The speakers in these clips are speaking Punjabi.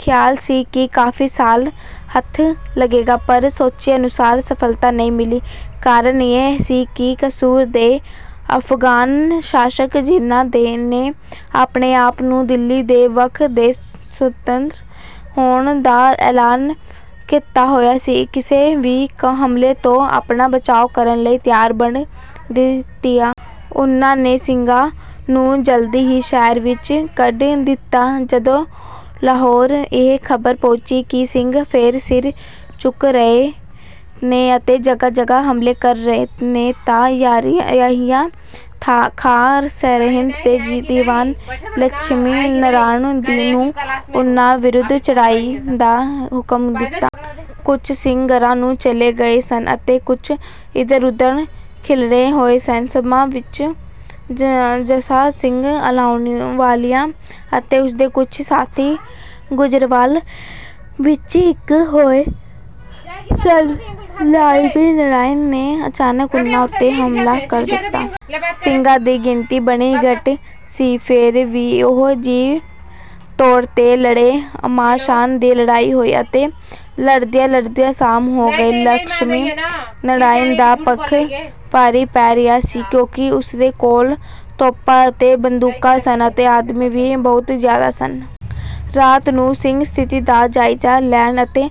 ਖ਼ਿਆਲ ਸੀ ਕਿ ਕਾਫ਼ੀ ਮਾਲ ਹੱਥ ਲੱਗੇਗਾ। ਪਰ ਸੋਚੇ ਅਨੁਸਾਰ ਸਫਲਤਾ ਨਹੀਂ ਮਿਲੀ। ਕਾਰਨ ਇਹ ਸੀ ਕਿ ਕਸੂਰ ਦੇ ਅਫ਼ਗਾਨ ਸ਼ਾਸਕ, ਜਿਹਨਾਂ ਨੇ ਆਪਣੇ ਆਪ ਨੂੰ ਦਿੱਲੀ ਤੋਂ ਵੱਖ ਤੇ ਸੁਤੰਤਰ ਹੋਣ ਦਾ ਐਲਾਨ ਕੀਤਾ ਹੋਇਆ ਸੀ, ਕਿਸੇ ਵੀ ਹਮਲੇ ਤੋਂ ਆਪਣਾ ਬਚਾਅ ਕਰਨ ਲਈ ਤਿਆਰ-ਬਰ-ਤਿਆਰ ਮਿਲੇ ਸਨ। ਉਹਨਾਂ ਨੇ ਸਿੰਘਾਂ ਨੂੰ ਜਲਦੀ ਹੀ ਸ਼ਹਿਰ ਵਿੱਚੋਂ ਕੱਢ ਦਿੱਤਾ। ਜਦੋਂ ਲਾਹੌਰ ਇਹ ਖ਼ਬਰ ਪਹੁੰਚੀ ਕਿ ਸਿੰਘ ਫੇਰ ਸਿਰ ਚੁੱਕ ਰਹੇ ਨੇ ਅਤੇ ਜਗ੍ਹਾ-ਜਗ੍ਹਾ ਹਮਲੇ ਕਰ ਰਹੇ ਨੇ, ਤਾਂ ਯਹੀਆ ਖਾਂ ਨੇ ਸਰਹਿੰਦ ਦੇ ਦੀਵਾਨ ਲਕਸ਼ਮੀ ਨਾਰਾਇਣ ਨੂੰ ਉਹਨਾਂ ਵਿਰੁੱਧ ਚੜ੍ਹਾਈ ਦਾ ਹੁਕਮ ਦਿੱਤਾ। ਕੁਝ ਸਿੰਘ ਘਰਾਂ ਨੂੰ ਚਲੇ ਗਏ ਸਨ ਅਤੇ ਕੁਝ ਇਧਰ-ਉਧਰ ਖਿੱਲਰੇ ਹੋਏ ਸਨ। ਜੱਸਾ ਸਿੰਘ ਆਹਲੂਵਾਲੀਆ ਅਤੇ ਉਸਦੇ ਕੁਝ ਸਾਥੀ ਗੁੱਜਰਵਾਲ ਵਿੱਚ ਟਿਕੇ ਹੋਏ ਸਨ। ਲਕਸ਼ਮੀ ਨਾਰਾਇਣ ਨੇ ਅਚਾਨਕ ਉਹਨਾਂ ਉੱਤੇ ਹਮਲਾ ਕਰ ਦਿੱਤਾ। ਸਿੰਘਾਂ ਦੀ ਗਿਣਤੀ ਬੜੀ ਘੱਟ ਸੀ, ਫੇਰ ਵੀ ਉਹ ਜੀਅ-ਤੋੜ ਕੇ ਲੜੇ। ਘਮਾਸਾਨ ਦੀ ਲੜਾਈ ਹੋਈ ਅਤੇ ਲੜਦਿਆਂ-ਲੜਦਿਆਂ ਸ਼ਾਮ ਹੋ ਗਈ। ਲਕਸ਼ਮੀ ਨਾਰਾਇਣ ਦਾ ਪੱਖ ਭਾਰੀ ਪੈ ਰਿਹਾ ਸੀ, ਕਿਉਂਕਿ ਉਸਦੇ ਕੋਲ ਤੋਪਾਂ ਅਤੇ ਬੰਦੂਕਾਂ ਸਨ ਅਤੇ ਆਦਮੀ ਵੀ ਬਹੁਤ ਜ਼ਿਆਦਾ ਸਨ। ਰਾਤ ਨੂੰ ਸਿੰਘ ਸਥਿਤੀ ਦਾ ਜਾਇਜ਼ਾ ਲੈਣ ਅਤੇ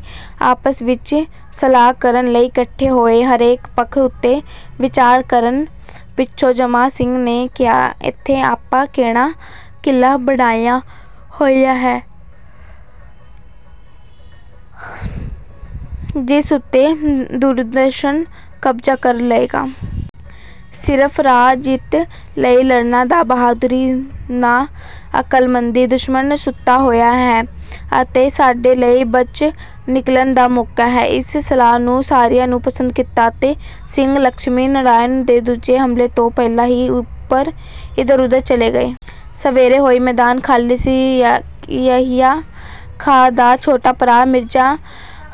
ਆਪਸ ਵਿੱਚ ਸਲਾਹ ਕਰਨ ਲਈ ਇਕੱਠੇ ਹੋਏ। ਹਰੇਕ ਪੱਖ ਉੱਤੇ ਵਿਚਾਰ ਕਰਨ ਪਿੱਛੋਂ ਜੱਸਾ ਸਿੰਘ ਨੇ ਕਿਹਾ, "ਇੱਥੇ ਆਪਾਂ ਕਿਹੜਾ ਕਿਲ੍ਹਾ ਬਣਾਇਆ ਹੋਇਆ ਏ, ਜਿਸ ਉੱਤੇ ਦੁਸ਼ਮਣ ਕਬਜ਼ਾ ਕਰ ਲਏਗਾ। ਸਿਰਫ਼ ਹਾਰ-ਜਿੱਤ ਲਈ ਲੜਨਾ ਨਾ ਬਹਾਦਰੀ ਹੈ, ਨਾ ਅਕਲਮੰਦੀ। ਦੁਸ਼ਮਣ ਸੁੱਤਾ ਹੋਇਆ ਏ ਅਤੇ ਸਾਡੇ ਲਈ ਬਚ ਨਿਕਲਣ ਦਾ ਮੌਕਾ ਹੈ।" ਇਸ ਸਲਾਹ ਨੂੰ ਸਾਰਿਆਂ ਨੇ ਪਸੰਦ ਕੀਤਾ ਅਤੇ ਸਿੰਘ ਲਕਸ਼ਮੀ ਨਾਰਾਇਣ ਦੇ ਦੂਜੇ ਹਮਲੇ ਤੋਂ ਪਹਿਲਾਂ ਹੀ ਇਧਰ-ਉਧਰ ਚਲੇ ਗਏ। ਸਵੇਰ ਹੋਈ, ਮੈਦਾਨ ਖਾਲੀ ਸੀ। ਯਹੀਆ ਖਾਂ ਦਾ ਛੋਟਾ ਭਰਾ ਮਿਰਜ਼ਾ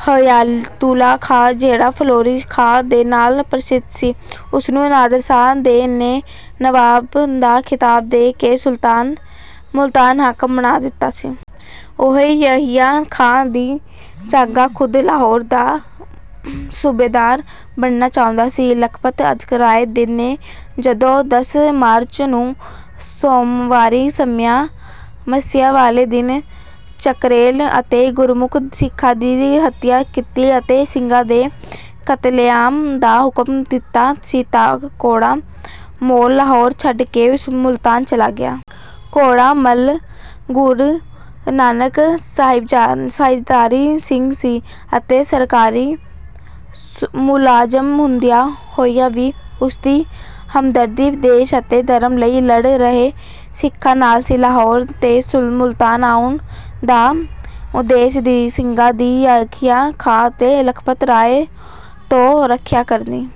ਹਯਾਤੁੱਲਾ ਖਾਂ, ਜਿਹੜਾ ਫਲੌਰੀ ਖਾਂ ਦੇ ਨਾਂ ਨਾਲ ਪ੍ਰਸਿੱਧ ਸੀ, ਉਸਨੂੰ ਨਾਦਰ ਸ਼ਾਹ ਨੇ ਨਵਾਬ ਦਾ ਖਿਤਾਬ ਦੇ ਕੇ ਮੁਲਤਾਨ ਦਾ ਹਾਕਮ ਬਣਾ ਦਿੱਤਾ ਸੀ। ਉਹ ਯਹੀਆ ਖਾਂ ਦੀ ਜਗ੍ਹਾ ਖ਼ੁਦ ਲਾਹੌਰ ਦਾ ਸੂਬੇਦਾਰ ਬਣਨਾ ਚਾਹੁੰਦਾ ਸੀ। ਲਖਪਤ ਰਾਏ ਨੇ ਜਦੋਂ ਦੱਸ ਮਾਰਚ ਨੂੰ, ਸੋਮਵਾਰੀ ਮੱਸਿਆ ਵਾਲੇ ਦਿਨ, ਚਕਰੈਲ ਅਤੇ ਗੁਰਮੁਖ ਸਿੱਖਾਂ ਦੀ ਹੱਤਿਆ ਕੀਤੀ ਅਤੇ ਸਿੰਘਾਂ ਦੇ ਕਤਲੇਆਮ ਦਾ ਹੁਕਮ ਦਿੱਤਾ ਸੀ, ਤਾਂ ਕੌੜਾ ਮੱਲ ਲਾਹੌਰ ਛੱਡ ਕੇ ਮੁਲਤਾਨ ਚਲਾ ਗਿਆ ਸੀ। ਕੌੜਾ ਮੱਲ ਗੁਰੂ ਨਾਨਕ ਦਾ ਸਹਿਜਧਾਰੀ ਸਿੱਖ ਸੀ ਅਤੇ ਸਰਕਾਰੀ ਮੁਲਾਜ਼ਮ ਹੁੰਦਿਆਂ ਹੋਇਆਂ ਵੀ ਉਸਦੀ ਹਮਦਰਦੀ ਦੇਸ਼ ਅਤੇ ਧਰਮ ਲਈ ਲੜ ਰਹੇ ਸਿੰਘਾਂ ਨਾਲ ਸੀ। ਲਾਹੌਰ ਤੋਂ ਮੁਲਤਾਨ ਆਉਣ ਦਾ ਉਦੇਸ਼ ਸਿੰਘਾਂ ਦੀ ਯਹੀਆ ਖਾਂ ਅਤੇ ਲਖਪਤ ਰਾਏ ਤੋਂ ਰੱਖਿਆ ਕਰਨੀ